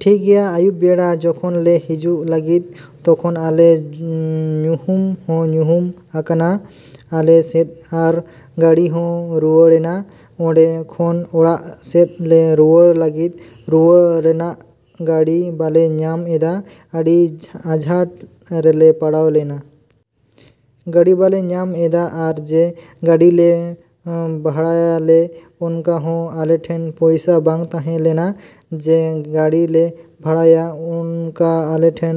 ᱴᱷᱤᱠ ᱜᱮᱭᱟ, ᱟᱹᱭᱩᱵ ᱵᱮᱲᱟ ᱡᱚᱠᱷᱚᱱ ᱞᱮ ᱦᱤᱡᱩᱜ ᱞᱟᱹᱜᱤᱫ ᱛᱚᱠᱷᱚᱱ ᱟᱞᱮ ᱧᱩᱦᱩᱢ ᱦᱚᱸ ᱧᱩᱦᱩᱢ ᱟᱠᱟᱱᱟ ᱟᱞᱮ ᱥᱮᱫ ᱟᱨ ᱜᱟᱹᱰᱤ ᱦᱚᱸ ᱨᱩᱣᱟᱹᱲᱮᱱᱟ ᱚᱸᱰᱮ ᱠᱷᱚᱱ ᱚᱲᱟᱜ ᱥᱮᱫ ᱞᱮ ᱨᱩᱣᱟᱹᱲ ᱞᱟᱹᱜᱤᱫ᱾ ᱨᱩᱣᱟᱹᱲ ᱨᱮᱱᱟᱜ ᱜᱟᱹᱰᱤ ᱵᱟᱞᱮ ᱧᱟᱢ ᱮᱫᱟ, ᱟᱹᱰᱤ ᱟᱸᱡᱷᱟᱴ ᱨᱮᱞᱮ ᱯᱟᱲᱟᱣ ᱞᱮᱱᱟ᱾ ᱜᱟᱹᱰᱤ ᱵᱟᱞᱮ ᱧᱟᱢ ᱮᱫᱟ ᱟᱨ ᱡᱮ ᱜᱟᱹᱰᱤ ᱞᱮ ᱵᱷᱟᱲᱟᱭᱟᱞᱮ ᱚᱱᱠᱟ ᱦᱚᱸ ᱟᱞᱮ ᱴᱷᱮᱱ ᱯᱩᱭᱥᱟᱹ ᱵᱟᱝ ᱛᱟᱦᱮᱸ ᱞᱮᱱᱟ᱾ ᱡᱮ ᱜᱟᱹᱰᱤ ᱞᱮ ᱵᱷᱟᱲᱟᱭᱟ ᱚᱱᱠᱟ ᱟᱞᱮ ᱴᱷᱮᱱ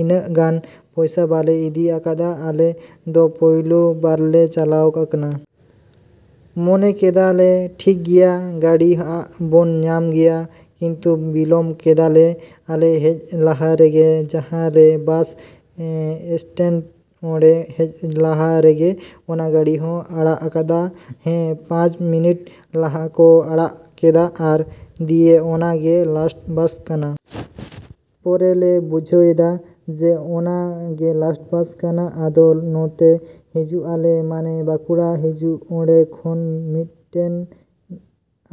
ᱤᱱᱟᱹᱜ ᱜᱟᱱ ᱯᱩᱭᱥᱟᱹ ᱵᱟᱞᱮ ᱤᱫᱤ ᱟᱠᱟᱫᱟ᱾ ᱟᱞᱮ ᱫᱚ ᱯᱳᱭᱞᱳ ᱵᱟᱨᱞᱮ ᱪᱟᱞᱟᱣ ᱠᱟᱠᱱᱟ᱾ ᱢᱚᱱᱮ ᱠᱮᱫᱟ ᱞᱮ ᱴᱷᱤᱠ ᱜᱮᱭᱟ ᱜᱟᱹᱰᱤ ᱦᱟᱜ ᱵᱚᱱ ᱧᱟᱢ ᱜᱮᱭᱟ ᱠᱤᱱᱛᱩ ᱵᱤᱞᱚᱢ ᱠᱮᱫᱟᱞᱮ᱾ ᱟᱞᱮ ᱦᱮᱡ ᱞᱟᱦᱟ ᱨᱮᱜᱮ ᱡᱟᱦᱟᱸ ᱨᱮ ᱵᱟᱥ ᱮᱥᱴᱮᱱᱴ ᱚᱸᱰᱮ ᱦᱮᱡ ᱞᱟᱦᱟ ᱨᱮᱜᱮ ᱚᱱᱟ ᱜᱟᱹᱰᱤ ᱠᱚ ᱟᱲᱟᱜ ᱟᱠᱟᱫᱟ᱾ ᱦᱮᱸ, ᱯᱟᱸᱪ ᱢᱤᱱᱤᱴ ᱞᱟᱦᱟ ᱠᱚ ᱟᱲᱟᱜ ᱠᱮᱫᱟ ᱟᱨ ᱫᱤᱭᱮ ᱚᱱᱟ ᱜᱮ ᱞᱟᱥᱴ ᱵᱟᱥ ᱠᱟᱱᱟ᱾ ᱯᱚᱨᱮ ᱞᱮ ᱵᱩᱡᱷᱟᱹᱣᱮᱫᱟ ᱡᱮ ᱚᱱᱟ ᱜᱮ ᱞᱟᱥᱴ ᱵᱟᱥ ᱠᱟᱱᱟ᱾ ᱟᱫᱚ ᱱᱚᱛᱮ ᱦᱤᱡᱩᱜ ᱟᱞᱮ ᱢᱟᱱᱮ ᱵᱟᱸᱠᱩᱲᱟ ᱦᱤᱡᱩᱜ ᱚᱸᱰᱮ ᱠᱷᱚᱱ ᱢᱤᱫᱴᱮᱱ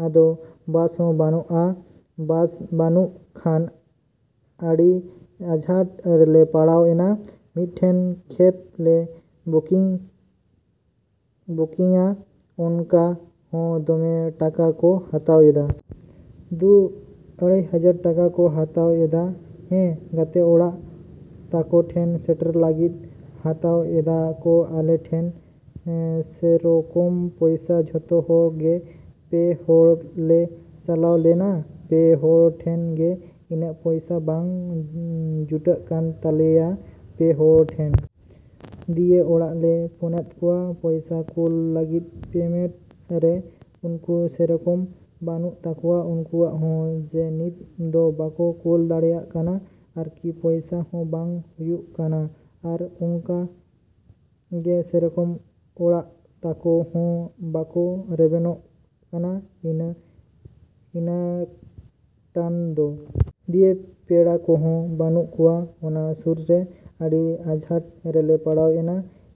ᱟᱫᱚ ᱵᱟᱥ ᱦᱚᱸ ᱵᱟᱱᱩᱜᱼᱟ᱾ ᱵᱟᱥ ᱵᱟᱹᱱᱩᱜ ᱠᱷᱟᱱ ᱟᱹᱰᱤ ᱟᱸᱡᱷᱟᱴ ᱨᱮᱞᱮ ᱯᱟᱲᱟᱣ ᱮᱱᱟ᱾ ᱢᱤᱫᱴᱮᱱ ᱠᱮᱯ ᱞᱮ ᱵᱩᱠᱤᱝ ᱵᱩᱠᱤᱝᱟ ᱚᱱᱠᱟ ᱦᱚᱸ ᱫᱚᱢᱮ ᱴᱟᱠᱟ ᱠᱚ ᱦᱟᱛᱟᱣ ᱮᱫᱟ᱾ ᱫᱩ ᱟᱲᱟᱭ ᱦᱟᱡᱟᱨ ᱴᱟᱠᱟ ᱠᱚ ᱦᱟᱛᱟᱣ ᱮᱫᱟ ᱦᱮᱸ, ᱜᱟᱛᱮ ᱚᱲᱟᱜ ᱛᱟᱠᱚ ᱴᱷᱮᱱ ᱥᱮᱴᱮᱨ ᱞᱟᱹᱜᱤᱫ᱾ ᱦᱟᱛᱟᱣ ᱮᱫᱟ ᱠᱚ ᱟᱞᱮ ᱴᱷᱮᱱ ᱮᱸ ᱥᱮᱨᱚᱠᱚᱢ ᱯᱚᱭᱥᱟ᱾ ᱡᱚᱛᱚ ᱦᱚᱲ ᱜᱮ ᱯᱮ ᱦᱚᱲ ᱞᱮ ᱪᱟᱞᱟᱣ ᱞᱮᱱᱟ᱾ ᱯᱮ ᱦᱚᱲ ᱴᱷᱮᱱ ᱜᱮ ᱤᱱᱟᱹᱜ ᱯᱚᱭᱥᱟ ᱵᱟᱝ ᱡᱩᱴᱟᱹᱜ ᱠᱟᱱ ᱛᱟᱞᱮᱭᱟ ᱯᱮ ᱦᱚᱲ ᱴᱷᱮᱱ᱾ ᱫᱤᱭᱮ ᱚᱲᱟᱜ ᱞᱮ ᱯᱷᱳᱱᱟᱫ ᱠᱚᱣᱟ ᱯᱚᱭᱥᱟ ᱠᱳᱞ ᱞᱟᱹᱜᱤᱫ ᱯᱮᱢᱮᱱᱴ ᱨᱮ᱾ ᱩᱱᱠᱩ ᱥᱮᱨᱚᱠᱚᱢ ᱵᱟᱹᱱᱩᱜ ᱛᱟᱠᱚᱣᱟ ᱩᱱᱠᱩᱣᱟᱜ ᱦᱚᱸ ᱡᱮ ᱱᱤᱛ ᱫᱚ ᱵᱟᱠᱚ ᱠᱳᱞ ᱫᱟᱲᱮᱜ ᱠᱟᱱᱟ ᱟᱨᱠᱤ᱾ ᱯᱚᱭᱥᱟ ᱦᱚᱸ ᱵᱟᱝ ᱦᱩᱭᱩᱜ ᱠᱟᱱᱟ ᱟᱨ ᱚᱝᱠᱟ ᱜᱮ ᱥᱮᱨᱚᱠᱚᱢ ᱚᱲᱟᱜ ᱛᱟᱠᱚ ᱦᱚᱸ ᱵᱟᱠᱚ ᱨᱮᱵᱮᱱᱚᱜ ᱠᱟᱱᱟ ᱤᱱᱟᱜ ᱤᱱᱟᱜᱴᱟᱱ ᱫᱚ᱾ ᱫᱤᱭᱮ ᱯᱮᱲᱟ ᱠᱚᱦᱚᱸ ᱵᱟᱹᱱᱩᱜ ᱠᱚᱣᱟ ᱚᱱᱟ ᱥᱩᱨ ᱨᱮ᱾ ᱟᱹᱰᱤ ᱟᱡᱷᱟᱴ ᱨᱮᱞᱮ ᱯᱟᱲᱟᱣ ᱮᱱᱟ᱾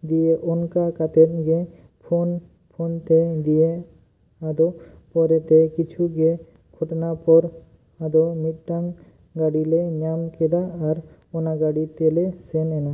ᱫᱤᱭᱮ ᱚᱱᱠᱟ ᱠᱟᱛᱮᱫ ᱜᱮ ᱯᱷᱳᱱ ᱯᱷᱳᱱᱛᱮ ᱫᱤᱭᱮ ᱟᱫᱚ ᱯᱚᱨᱮ ᱛᱮ ᱠᱤᱪᱷᱩ ᱜᱮ ᱜᱷᱚᱱᱴᱟ ᱯᱚᱨ ᱟᱫᱚ ᱢᱤᱫᱴᱟᱝ ᱜᱟᱹᱰᱤ ᱞᱮ ᱧᱟᱢ ᱠᱮᱫᱟ ᱟᱨ ᱚᱱᱟ ᱜᱟᱹᱰᱤ ᱛᱮᱞᱮ ᱥᱮᱱ ᱮᱱᱟ᱾